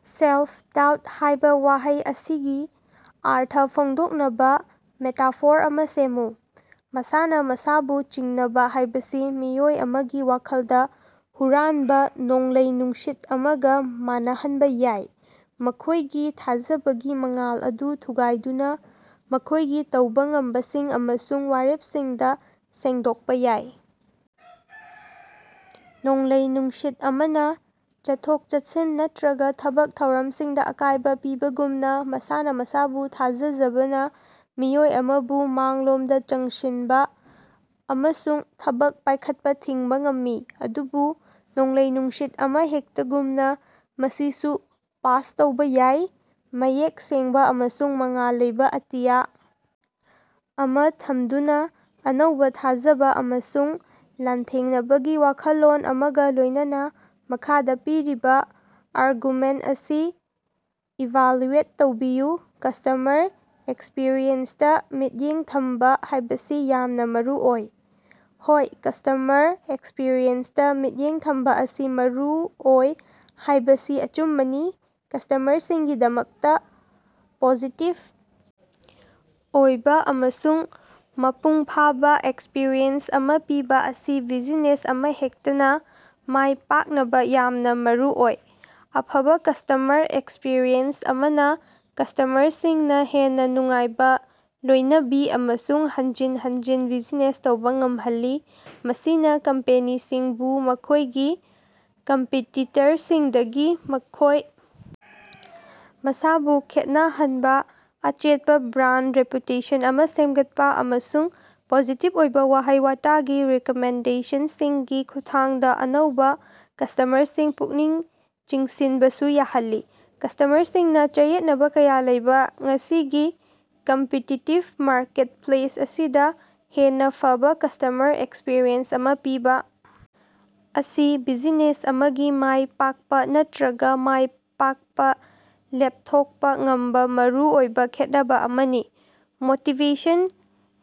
"Self-doubt" ꯍꯥꯏꯕ ꯋꯥꯍꯩ ꯑꯁꯤꯒꯤ ꯑꯔꯊ ꯐꯣꯡꯗꯣꯛꯅꯕꯥ ꯃꯦꯇꯥꯐꯣꯔ ꯑꯃ ꯁꯦꯝꯃꯨ꯫ ꯃꯁꯥꯅ ꯃꯁꯥꯕꯨ ꯆꯤꯡꯅꯕ ꯍꯥꯏꯕꯁꯤ ꯃꯤꯑꯣꯏ ꯑꯃꯒꯤ ꯋꯥꯈꯜꯗ ꯍꯨꯔꯥꯟꯕ ꯅꯣꯡꯂꯩ-ꯅꯨꯡꯁꯤꯠ ꯑꯃꯒ ꯃꯥꯟꯅꯍꯟꯕ ꯌꯥꯏ, ꯃꯈꯣꯏꯒꯤ ꯊꯥꯖꯕꯒꯤ ꯃꯉꯥꯜ ꯑꯗꯨ ꯊꯨꯒꯥꯏꯗꯨꯅ ꯃꯈꯣꯏꯒꯤ ꯇꯧꯕ ꯉꯝꯕꯁꯤꯡ ꯑꯃꯁꯨꯡ ꯋꯥꯔꯦꯞꯁꯤꯡꯗ ꯁꯦꯡꯗꯣꯛꯄ ꯌꯥꯏ꯫ ꯅꯣꯡꯂꯩ-ꯅꯨꯡꯁꯤꯠ ꯑꯃꯅ ꯆꯠꯊꯣꯛ-ꯆꯠꯁꯤꯟ ꯅꯠꯇꯔꯒ ꯊꯕꯛ ꯊꯧꯔꯝꯁꯤꯡꯗ ꯑꯀꯥꯏꯕ ꯄꯤꯕꯒꯨꯝꯅ, ꯃꯁꯥꯅ ꯃꯁꯥꯕꯨ ꯊꯥꯖꯖꯕꯅ ꯃꯤꯑꯣꯏ ꯑꯃꯕꯨ ꯃꯥꯡꯂꯣꯝꯗ ꯆꯪꯁꯤꯟꯕ ꯑꯃꯁꯨꯡ ꯊꯕꯛ ꯄꯥꯏꯈꯠꯄ ꯊꯤꯡꯕ ꯉꯝꯃꯤ꯫ ꯑꯗꯨꯕꯨ ꯅꯣꯡꯂꯩ-ꯅꯨꯡꯁꯤꯠ ꯑꯃꯍꯦꯛꯇꯒꯨꯝꯅ, ꯃꯁꯤꯁꯨ ꯄꯥꯁ ꯇꯧꯕ ꯌꯥꯏ, ꯃꯌꯦꯛ ꯁꯦꯡꯕꯥ ꯑꯃꯁꯨꯡ ꯃꯉꯥꯜ ꯂꯩꯕ ꯑꯇꯤꯌꯥ ꯑꯃꯥ ꯊꯝꯗꯨꯅꯥ, ꯑꯅꯧꯕ ꯊꯥꯖꯕ ꯑꯃꯁꯨꯡ ꯂꯥꯟꯊꯦꯡꯅꯕꯒꯤ ꯋꯥꯈꯜꯂꯣꯟ ꯑꯃꯒ ꯂꯣꯏꯅꯅꯥ꯫ ꯃꯈꯥꯗ ꯄꯤꯔꯤꯕ ꯑꯥꯔꯒꯨꯃꯦꯟꯇ ꯑꯁꯤ ꯏꯚꯥꯜꯌꯨꯑꯦꯠ ꯇꯧꯕꯤꯌꯨ ꯀꯁ꯭ꯇꯃꯔ ꯑꯦꯛꯁꯄꯤꯔꯤꯑꯦꯟꯁꯇꯥ ꯃꯤꯠꯌꯦꯡ ꯊꯝꯕꯥ ꯍꯥꯏꯕꯁꯤ ꯌꯥꯝꯅ ꯃꯔꯨꯑꯣꯏ꯫ ꯍꯣꯏ, ꯀꯁ꯭ꯇꯃꯔ ꯑꯦꯛꯁꯄꯔꯤꯌꯦꯟꯁꯇꯥ ꯃꯤꯠꯌꯦꯡ ꯊꯝꯕꯥ ꯑꯁꯤ ꯃꯔꯨꯑꯣꯏ ꯍꯥꯏꯕꯁꯤ ꯑꯆꯨꯝꯕꯅꯤ꯫ ꯀꯁ꯭ꯇꯃꯔꯁꯤꯡꯒꯤꯗꯃꯛꯇꯥ ꯄꯣꯖꯤꯇꯤꯕ ꯑꯣꯏꯕ ꯑꯃꯁꯨꯡ ꯃꯄꯨꯡ ꯐꯥꯕ ꯑꯦꯛꯁꯄꯔꯤꯌꯦꯟꯁ ꯑꯃ ꯄꯤꯕ ꯑꯁꯤ ꯕꯤꯖꯤꯅꯦꯁ ꯑꯃꯍꯦꯛꯇꯅꯥ ꯃꯥꯏ ꯄꯥꯛꯅꯕ ꯌꯥꯝꯅ ꯃꯔꯨꯑꯣꯏ꯫ ꯑꯐꯕꯥ ꯀꯁ꯭ꯇꯃꯔ ꯑꯦꯛꯁꯄꯤꯔꯤꯑꯦꯟꯁ ꯑꯃꯅ ꯀꯁ꯭ꯇꯃꯔꯁꯤꯡꯅ ꯍꯦꯟꯅꯥ ꯅꯨꯡꯉꯥꯏꯕ, ꯂꯣꯏꯅꯕꯤ ꯑꯃꯁꯨꯡ ꯍꯟꯖꯤꯟ ꯍꯟꯖꯤꯟ ꯕꯤꯖꯤꯅꯦꯁ ꯇꯧꯕꯥ ꯉꯝꯍꯜꯂꯤ꯫ ꯃꯁꯤꯅ ꯀꯝꯄꯦꯅꯤꯁꯤꯡꯕꯨ ꯃꯈꯣꯏꯒꯤ ꯀꯝꯄꯤꯇꯤꯇꯔꯁꯤꯡꯗꯒꯤ ꯃꯈꯣꯏ ꯃꯁꯥꯕꯨ ꯈꯦꯠꯅ ꯍꯟꯕꯥ, ꯑꯆꯦꯠꯄꯥ ꯕ꯭ꯔꯥꯟꯗ ꯔꯦꯄꯨꯇꯦꯁꯟ ꯑꯃ ꯁꯦꯝꯒꯠꯄꯥ, ꯑꯃꯁꯨꯡ ꯄꯣꯖꯤꯇꯤꯕ ꯑꯣꯏꯕ ꯋꯥꯍꯩ-ꯋꯥꯇꯒꯤ ꯔꯤꯀꯃꯦꯟꯗꯦꯁꯟꯁꯤꯡꯒꯤ ꯈꯨꯠꯊꯥꯡꯗ ꯑꯅꯧꯕ ꯀꯁꯇꯃꯔꯁꯤꯡ ꯄꯨꯛꯅꯤꯡ ꯆꯤꯡꯁꯤꯟꯕꯁꯨ ꯌꯥꯍꯜꯂꯤ꯫ ꯀꯁꯇꯃꯔꯁꯤꯡꯅꯥ ꯆꯌꯦꯠꯅꯕꯥ ꯀꯌꯥ ꯂꯩꯕ ꯉꯁꯤꯒꯤ ꯀꯝꯄꯤꯇꯤꯇꯤꯕ ꯃꯥꯔꯀꯦꯠꯄꯂꯦꯁ ꯑꯁꯤꯗ, ꯍꯦꯟꯅꯥ ꯐꯕꯥ ꯀꯁꯇꯃꯔ ꯑꯦꯛꯁꯄꯔꯤꯌꯦꯟꯁ ꯑꯃ ꯄꯤꯕ ꯑꯁꯤ ꯕꯤꯖꯤꯅꯦꯁ ꯑꯃꯒꯤ ꯃꯥꯏ ꯄꯥꯛꯄꯥ ꯅꯠꯇꯔꯒ ꯃꯥꯏ ꯄꯥꯛꯄ ꯂꯦꯞꯊꯣꯛꯄꯥ ꯉꯝꯕꯥ ꯃꯔꯨ ꯑꯣꯏꯕ ꯈꯦꯠꯅꯕꯥ ꯑꯃꯅꯤ꯫ ꯃꯣꯇꯤꯕꯦꯁꯟ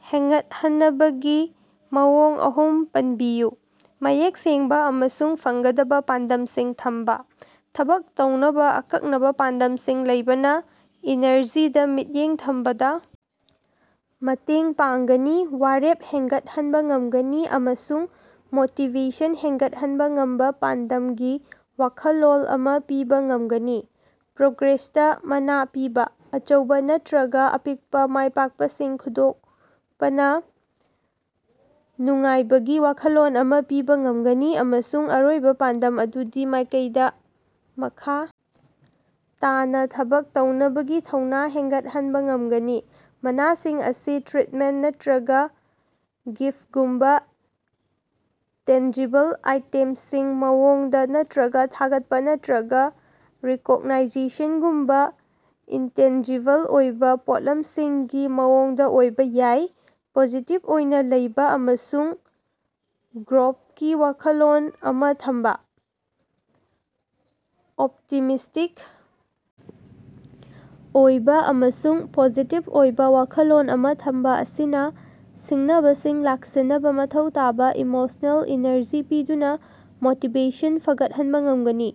ꯍꯦꯉꯠꯍꯟꯅꯕꯒꯤ ꯃꯑꯣꯡ ꯑꯍꯨꯝ ꯄꯟꯕꯤꯌꯨ꯫ ꯃꯌꯦꯛ ꯁꯦꯡꯕꯥ ꯑꯃꯁꯨꯡ ꯐꯪꯒꯗꯕꯥ ꯄꯥꯟꯗꯝꯁꯤꯡ ꯊꯝꯕꯥ: ꯊꯕꯛ ꯇꯧꯅꯕꯥ ꯑꯀꯛꯅꯕꯥ ꯄꯥꯟꯗꯝꯁꯤꯡ ꯂꯩꯕꯅ ꯏꯅꯔꯖꯤꯗꯥ ꯃꯤꯠꯌꯦꯡ ꯊꯝꯕꯗꯥ ꯃꯇꯦꯡ ꯄꯥꯡꯒꯅꯤ, ꯋꯥꯔꯦꯞ ꯍꯦꯒꯠꯍꯟꯕꯥ ꯉꯝꯒꯅꯤ ꯑꯃꯁꯨꯡ ꯃꯣꯇꯤꯕꯦꯁꯟ ꯍꯦꯒꯠꯍꯟꯕꯥ ꯉꯝꯕꯥ ꯄꯥꯟꯗꯝꯒꯤ ꯋꯥꯈꯜꯂꯣꯟ ꯑꯃ ꯄꯤꯕ ꯉꯝꯒꯅꯤ꯫ ꯄ꯭ꯔꯣꯒ꯭ꯔꯦꯁꯇꯥ ꯃꯅꯥ ꯄꯤꯕꯥ: ꯑꯆꯧꯕ ꯅꯠꯇꯔꯒ ꯑꯄꯤꯛꯄꯥ ꯃꯥꯏꯄꯥꯛꯄꯁꯤꯡ ꯈꯪꯗꯣꯛꯄꯅꯥ ꯅꯨꯡꯉꯥꯏꯕꯒꯤ ꯋꯥꯈꯜꯂꯣꯟ ꯑꯃ ꯄꯤꯕ ꯉꯝꯒꯅꯤ ꯑꯃꯁꯨꯡ ꯑꯔꯣꯏꯕ ꯄꯥꯟꯗꯝ ꯑꯗꯨꯒꯤ ꯃꯥꯏꯀꯩꯗ ꯃꯈꯥ ꯇꯥꯅ ꯊꯕꯛ ꯇꯧꯅꯕꯒꯤ ꯊꯧꯅꯥ ꯍꯦꯟꯒꯠꯍꯟꯕꯥ ꯉꯃꯒꯅꯤ꯫ ꯃꯅꯥꯁꯤꯡ ꯑꯁꯤ ꯇ꯭ꯔꯤꯠꯃꯦꯟꯇ ꯅꯠꯇꯔꯒꯥ ꯒꯤꯐꯒꯨꯝꯕꯥ ꯇꯦꯟꯖꯤꯕꯜ ꯑꯥꯏꯇꯦꯝꯁꯤꯡꯒꯤ ꯃꯑꯣꯡꯗꯥ ꯅꯠꯇꯔꯒꯥ ꯊꯥꯒꯠꯄ ꯅꯠꯇꯔꯒ ꯔꯤꯀꯣꯛꯅꯥꯏꯖꯦꯁꯟꯒꯨꯝꯕꯥ ꯏꯟꯇꯦꯟꯖꯤꯕꯜ ꯑꯣꯏꯕ ꯄꯣꯠꯂꯝꯁꯤꯡꯒꯤ ꯃꯑꯣꯡꯗ ꯑꯣꯏꯕ ꯌꯥꯏ꯫ ꯄꯣꯖꯤꯇꯤꯕ ꯑꯣꯏꯅꯥ ꯂꯩꯕ ꯑꯃꯁꯨꯡ ꯒ꯭ꯔꯣꯠꯀꯤ ꯋꯥꯈꯜꯂꯣꯟ ꯑꯃ ꯊꯝꯕꯥ: ꯑꯣꯞꯇꯤꯃꯤꯁ꯭ꯇꯤꯛ ꯑꯣꯏꯕ ꯑꯃꯁꯨꯡ ꯄꯣꯖꯤꯇꯤꯕ ꯑꯣꯏꯕ ꯋꯥꯈꯜꯂꯣꯟ ꯑꯃ ꯊꯝꯕꯥ ꯑꯁꯤꯅ ꯁꯤꯡꯅꯕꯁꯤꯡ ꯂꯥꯛꯁꯤꯟꯅꯕꯥ ꯃꯊꯧ ꯇꯥꯕ ꯏꯃꯣꯁꯅꯦꯜ ꯏꯅꯔꯖꯤ ꯄꯤꯗꯨꯅ ꯃꯣꯇꯤꯕꯦꯁꯟ ꯐꯒꯠꯍꯟꯕꯥ ꯉꯝꯒꯅꯤ꯫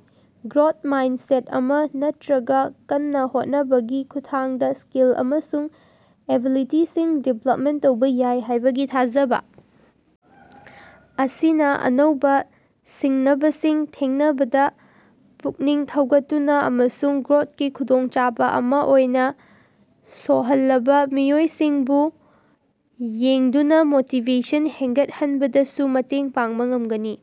ꯒ꯭ꯔꯣꯊ ꯃꯥꯏꯟꯁꯦꯠ ꯑꯃ, ꯅꯠꯇꯔꯒ ꯀꯟꯅꯥ ꯍꯣꯠꯅꯕꯒꯤ ꯈꯨꯠꯊꯥꯡꯗ ꯁ꯭ꯀꯤꯜ ꯑꯃꯁꯨꯡ ꯑꯦꯕꯤꯂꯤꯇꯤꯁꯤꯡ ꯗꯤꯕꯦꯂꯞ ꯇꯧꯕ ꯌꯥꯏ ꯍꯥꯏꯕꯒꯤ ꯊꯥꯖꯕ ꯑꯁꯤꯅ ꯑꯅꯧꯕ ꯁꯤꯡꯅꯕꯁꯤꯡ ꯊꯦꯡꯅꯕꯗꯥ ꯄꯨꯛꯅꯤꯡ ꯊꯧꯒꯠꯇꯨꯅ ꯑꯃꯁꯨꯡ ꯒ꯭ꯔꯣꯊꯀꯤ ꯈꯨꯗꯣꯡꯆꯥꯕ ꯑꯃ ꯑꯣꯏꯅ ꯁꯣꯍꯜꯂꯕꯥ ꯃꯤꯑꯣꯏꯁꯤꯡꯕꯨ ꯌꯦꯡꯗꯨꯅꯥ ꯃꯣꯇꯤꯕꯦꯁꯟ ꯍꯦꯒꯠꯍꯟꯕꯗꯁꯨ ꯃꯇꯦꯡ ꯄꯥꯡꯕ ꯉꯝꯒꯅꯤ꯫